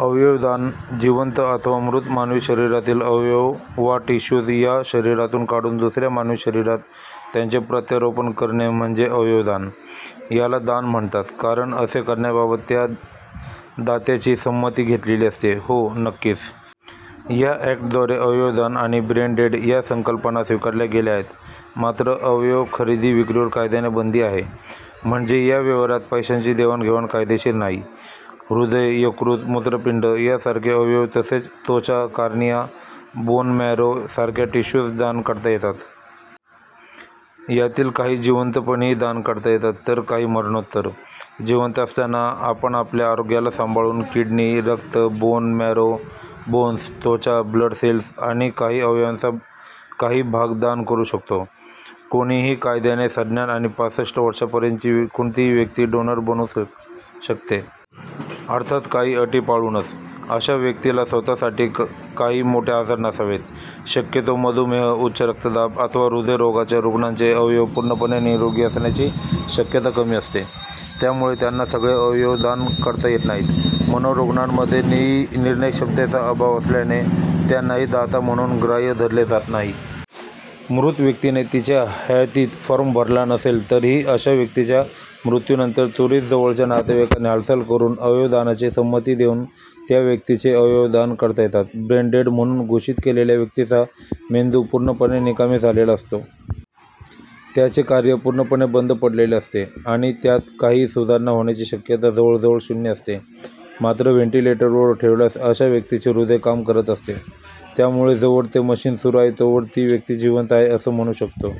अवयवदान, जिवंत अथवा मृत मानवी शरीरातील अवयव वा टिश्यूज त्या शरीरातून काढून दुसऱ्या मानवी शरीरात त्यांचे प्रत्यारोपण करणे म्हणजे अवयवदान. याला दान म्हणतात कारण असे करण्याबाबत त्या दात्याची संमती घेतलेली असते. हो, नक्कीच. या अॅक्टद्वारे अवयवदान आणि ब्रेनडेड या संकल्पना स्वीकारल्या गेल्या आहेत. मात्र अवयव खरेदी-विक्रीवर कायद्याने बंदी आहे. म्हणजे या व्यवहारात पैशाची देवाणघेवाण कायदेशीर नाही. हृदय, यकृत, मूत्रपिंड यासारखे अवयव तसेच त्वचा, कॉर्निया, बोन मॅरो सारख्या टिश्यूज दान करता येतात. यातील काही जिवंतपणीही दान करता येतात तर काही मरणोत्तर. जिवंत असताना आपण आपल्या आरोग्याला सांभाळून किडनी, रक्त, बोन मॅरो, बोन्स, त्वचा, ब्लड सेल्स आणि काही अवयवांचा काही भाग दान करू शकतो. कोणीही कायद्याने सज्ञान आणि पासष्ट वर्षांपर्यंतची कोणतीही व्यक्ती डोनर बनू शकते. अर्थात काही अटी पाळूनच. अशा व्यक्तीला स्वतःला काही मोठे आजार नसावेत. शक्यतो मधुमेह, उच्चरक्तदाब अथवा हृदयरोगाच्या रुग्णांचे अवयव पूर्णपणे निरोगी असण्याची शक्यता कमी असते. त्यामुळे त्यांना सगळे अवयव दान करता येत नाहीत. मनोरुग्णांमध्ये निर्णयक्षमतेचा अभाव असल्याने त्यांनाही दाता म्हणून ग्राह्य धरले जात नाही. मृत व्यक्तीने तिच्या हयातीत फॉर्म भरला नसेल तरीही अशा व्यक्तीच्या मृत्यूनंतर त्वरीत जवळच्या नातेवाईकांनी हालचाल करून अवयवदानाची संमती देऊन त्या व्यक्तीचे अवयव दान करता येतात. ब्रेन डेड म्हणून घोषित केलेल्या व्यक्तीचा मेंदू पूर्णपणे निकामी झालेला असतो. त्याचे कार्य पूर्णपणे बंद पडलेले असते आणि त्यात काहीही सुधारणा होण्याची शक्यता जवळजवळ शून्य असते. मात्र व्हेंटिलेटरवर ठेवल्यास अशा व्यक्तीचे हृदय काम करत असते. त्यामुळे जोवर ते मशिन सुरू आहे, तोवर ती व्यक्ती जिवंत आहे असं म्हणू शकतो.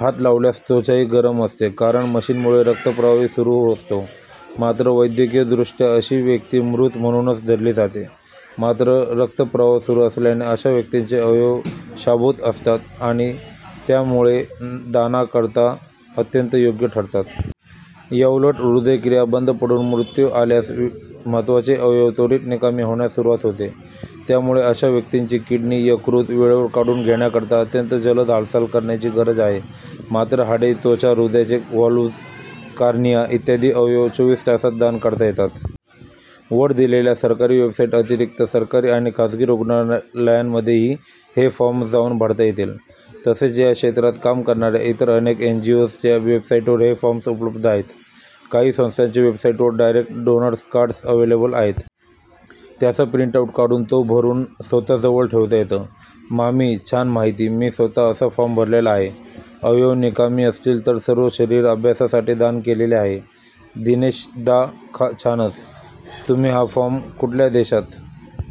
हात लावल्यास त्वचाही गरम असते कारण मशिनमुळे रक्तप्रवाहही सुरू असतो. मात्र वैद्यकीय दृष्ट्या अशी व्यक्ती मृत म्हणूनच धरली जाते. मात्र रक्तप्रवाह सुरू असल्याने अशा व्यक्तींचे अवयव शाबुत असतात आणि त्यामुळे दानाकरता अत्यंत योग्य ठरतात. याउलट हृदयक्रिया बंद पडून मृत्यू आल्यास महत्त्वाचे अवयव त्वरीत निकामी होण्यास सुरुवात होते. त्यामुळे अशा व्यक्तींची किडनी, यकृत वेळेवर काढून घेण्याकरता अत्यंत जलद हालचाल करण्याची गरज आहे. मात्र हाडे, त्वचा, हृदयाचे व्हाल्व्हज, कॉर्निया इत्यादी अवयव चोवीस तासांत दान करता येतात. वर दिलेल्या सरकारी वेबसाईट व्यतिरिक्त सरकारी आणि खासगी रुग्णालयांमध्येही हे फॉर्म जाऊन भरता येतील. तसेच या क्षेत्रात काम करणाऱ्या इतर अनेक एनजीओजच्या वेबसाईटवर हे फॉर्म्स उपलब्ध आहेत. काही संस्थांच्या वेबसाईटवर डायरेक्ट डोनर्स कार्ड्स अव्हेलेबल आहेत. त्याचा प्रिंटआऊट काढून, तो भरून स्वतःजवळ ठेवता येतं. मामी, छान माहिती. मी स्वतः असा फॉर्म भरलेला आहे. अवयव निकामी असतील तर सर्व शरीर, अभ्यासासाठी दान केलेले आहे. दिनेशदा, छानच. तुम्ही हा फॉर्म कुठल्या देशात